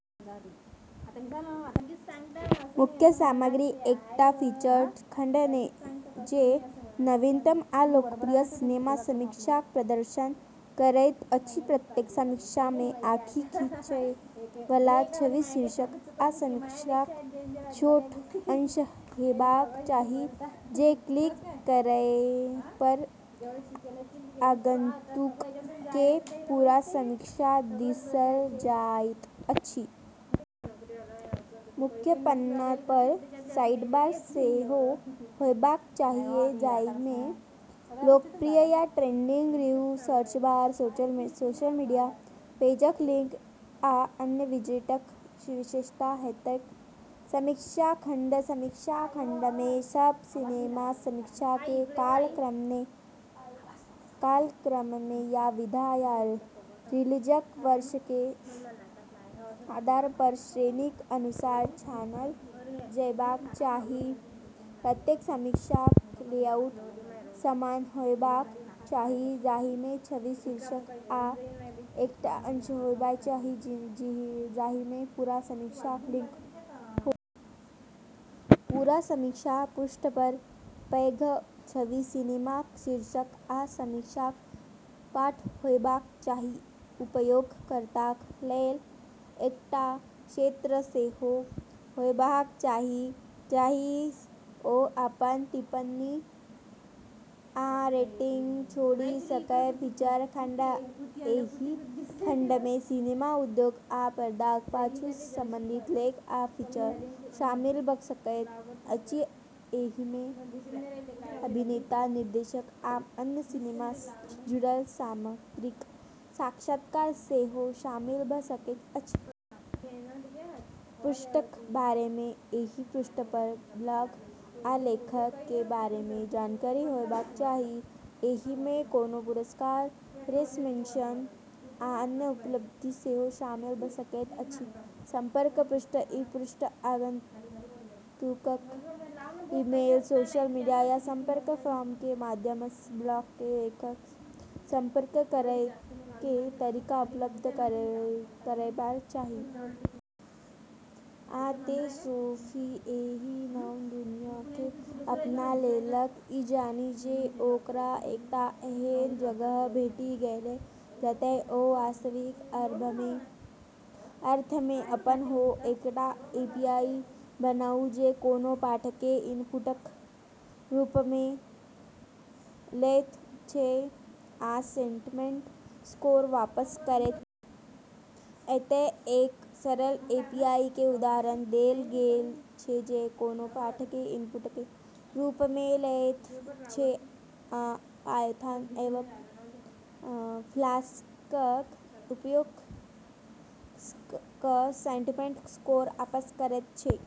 मुख्य सामग्री: एकटा फीचर्ड खंड जे नवीनतम आ लोकप्रिय सिनेमा समीक्षाक प्रदर्शन करैत अछि प्रत्येक समीक्षामे आँखि खींचयवला छवि, शीर्षक, आ समीक्षाक छोट अंश हेबाक चाही, जे क्लिक करयपर आगंतुककेँ पूरा समीक्षा दिस ल' जाइत अछि. मुख्य पन्नापर साइडबार सेहो होयबाक चाहियै, जाहिमे लोकप्रिय या trending review, search bar, social media पेजक लिंक, आ अन्य विजेटक विशेषता हेतैक। समीक्षा खंड: समीक्षा खंडमे सब सिनेमा समीक्षाके कालक्रममे या विधा या रिलीजक वर्षके आधारपर श्रेणीक अनुसार छानल जयबाक चाही प्रत्येक समीक्षाक लेआउट समान होयबाक चाही, जाहिमे छवि, शीर्षक, आ एकटा अंश होयबाक चाही जाहिमे पूरा समीक्षाक लिंक हो। पूरा समीक्षा पृष्ठपर पैघ छवि, सिनेमाक शीर्षक, आ समीक्षाक पाठ होयबाक चाही। उपयोगकर्ताक लेल एकटा क्षेत्र सेहो होयबाक चाही जाहिसँ ओ अपन टिप्पणी आ रेटिंग छोड़ि सकय। फीचर खंड: एहि खंडमे सिनेमा उद्योग आ पर्दाक पाछुसँ संबंधित लेख आ फीचर शामिल भ' सकैत अछि एहिमे अभिनेता, निर्देशक, आ अन्य सिनेमा सँ जुड़ल सामग्रीक साक्षात्कार सेहो शामिल भ' सकैत अछि। पृष्ठक बारेमे: एहि पृष्ठपर ब्लॉग आ लेखक (लेखक) के बारेमे जानकारी होयबाक चाही। एहिमे कोनो पुरस्कार, प्रेस मेन्शन, वा अन्य उपलब्धि सेहो शामिल भ' सकैत अछि। संपर्क पृष्ठ: ई पृष्ठ आगंतुकक ईमेल, सोशल मीडिया, या संपर्क फॉर्म के माध्यमसँ ब्लॉगके लेखकसँ संपर्क करयके तरीका उपलब्ध करयबाक चाही। आ तेँ सोफी एहि नव दुनियाँकेँ अपना लेलक, ई जानि जे ओकरा एकटा एहन जगह भेटि गेलैक जतय ओ वास्तविक अर्थमे अपन हो। एकटा एपीआई बनाउ जे कोनो पाठकेँ इनपुटक रूपमे लैत छै आ सेंटमेंट स्कोर वापस करैत छै। एतय एक सरल एपीआई के उदाहरण देल गेल छै जे कोनो पाठकेँ इनपुटके रूपमे लैत छै आ पायथन एवं फ्लास्कक उपयोग क' क' सेंटमेंट स्कोर आपस करैत छै।